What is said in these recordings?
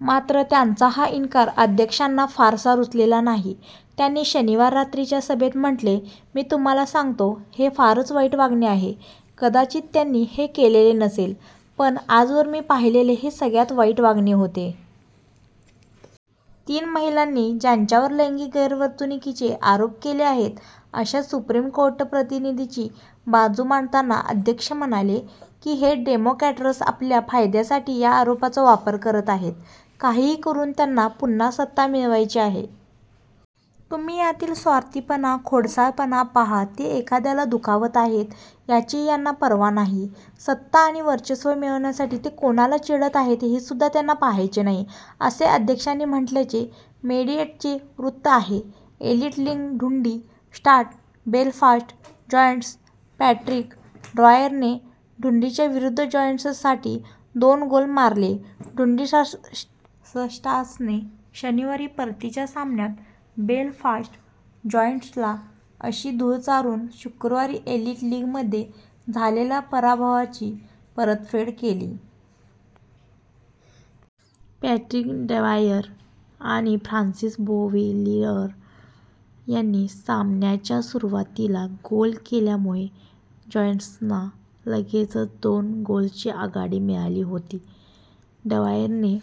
मात्र, त्यांचा हा इन्कार अध्यक्षांना फारसा रुचलेला नाही. त्यांनी शनिवार रात्रीच्या सभेत म्हटले, "मी तुम्हाला सांगतो, हे फारच वाईट वागणे आहे. " कदाचित त्यांनी हे केलेले नसेल पण आजवर मी पाहिलेले हे सगळ्यात वाईट वागणे होते. " तीन महिलांनी ज्यांच्यावर लैंगिक गैरवर्तणुकीचे आरोप केले आहेत अशा सुप्रीम कोर्ट प्रतिनिधीची बाजू मांडताना अध्यक्ष म्हणाले की हे डेमोक्रॅट्स आपल्या फायद्यासाठी या आरोपांचा वापर करत आहेत. काहीही करून त्यांना पुन्हा सत्ता मिळवायची आहे. तुम्ही यातील स्वार्थीपणा, खोडसाळपणा पहा, ते एखाद्याला दुखावत आहेत, याचीही त्यांना पर्वा नाही, सत्ता आणि वर्चस्व मिळवण्यासाठी ते कोणाला चिरडत आहेत, हेसुद्धा त्यांना पहायचे नाही," असे अध्यक्षांनी म्हटल्याचे मेडिएटचे वृत्त आहे. Elite League: Dundee Stars Belfast Giants Patrick ड्वायरने डुंडीच्या विरुद्ध जायंट्ससाठी दोन गोल मारले डुंडी स्टार्सने शनिवारी परतीच्या सामन्यात बेलफास्ट जायंट्सला अशी धूळ चारून शुक्रवारी एलीट लीगमध्ये झालेल्या पराभवाची परतफेड केली. पॅट्रिक ड्वायर आणि फ्रान्सिस बोविलीअर यांनी सामन्याच्या सुरुवातीला गोल केल्यामुळे जायंट्सना लगेचच दोन गोल्सची आघाडी मिळाली होती. ड्वायरने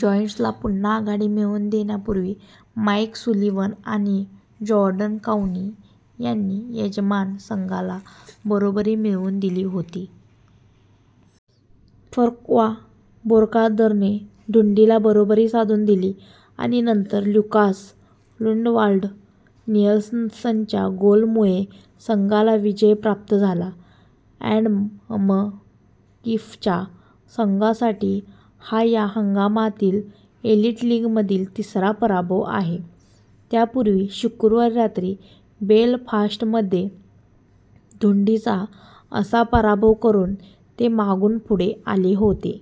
जायंट्सला पुन्हा आघाडी मिळवून देण्यापूर्वी माइक सुलीवन आणि जॉर्डन काउनी यांनी यजमान संघाला बरोबरी मिळवून दिली होती. फ्रँक्वा बौकार्दने डुंडीला बरोबरी साधून दिली आणि नंतर ल्युकास लुंडवाल्ड निएल्सनच्या गोलमुळे संघाला विजय प्राप्त झाला. अॅडम कीफच्या संघासाठी हा या हंगामातील एलीट लीगमधील तिसरा पराभव आहे. त्यापूर्वी शुक्रवारी रात्री बेलफास्टमध्ये डुंडीचा असा पराभव करून ते मागून पुढे आले होते.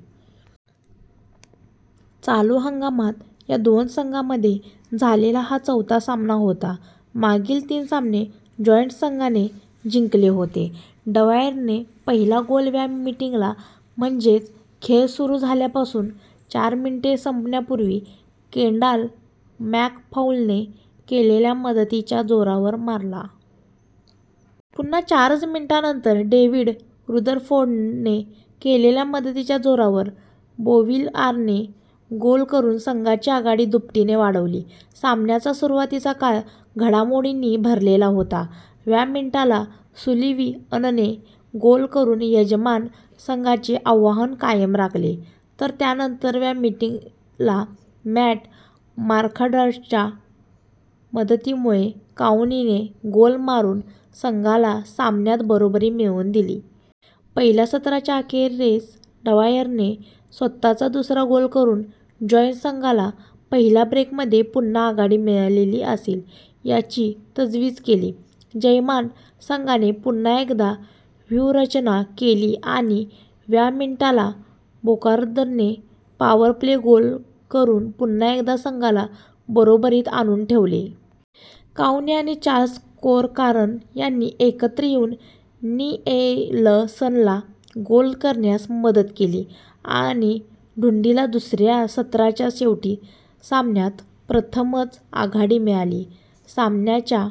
चालू हंगामात या दोन संघांमध्ये झालेला हा चौथा सामना होता. मागील तीन सामने जायंट्स संघाने जिंकले होते. ड्वायरने पहिला गोल व्या मिनिटाला म्हणजेच खेळ सुरू झाल्यापासून चार मिनिटे संपण्यापूर्वी केंडाल मॅकफाउलने केलेल्या मदतीच्या जोरावर मारला. पुन्हा चारच मिनिटांनंतर डेव्हिड रुदरफोर्डने केलेल्या मदतीच्या जोरावर बोविलीआरने गोल करून संघाची आघाडी दुपटीने वाढवली. सामन्याचा सुरुवातीचा काळ घडामोडींनी भरलेला होता.: व्या मिनिटाला सुलिवीअनने गोल करून यजमान संघाचे आव्हान कायम राखले, तर त्यानंतर: व्या मिनिटाला मॅट मार्कार्ड्टच्या मदतीमुळे काउनीने गोल मारून संघाला सामन्यात बरोबरी मिळवून दिली. पहिल्या सत्राच्या अखेरीस ड्वायरने स्वत:चा दुसरा गोल करून जायंट्स संघाला पहिल्या ब्रेकमध्ये पुन्हा आघाडी मिळालेली असेल याची तजवीज केली. "जयमान संघाने पुन्हा एकदा व्यूहरचना केली आणि: व्या मिनिटाला बौकार्दने पॉवर प्ले गोल करून पुन्हा एकदा संघाला बरोबरीत आणून ठेवले. " काउनी आणि चार्ल्स कोरकारन यांनी एकत्र येऊन नीएलसनला गोल करण्यास मदत केली आणि डुंडीला दुसऱ्या सत्राच्या शेवटी सामन्यात प्रथमच आघाडी मिळाली. सामन्याच्या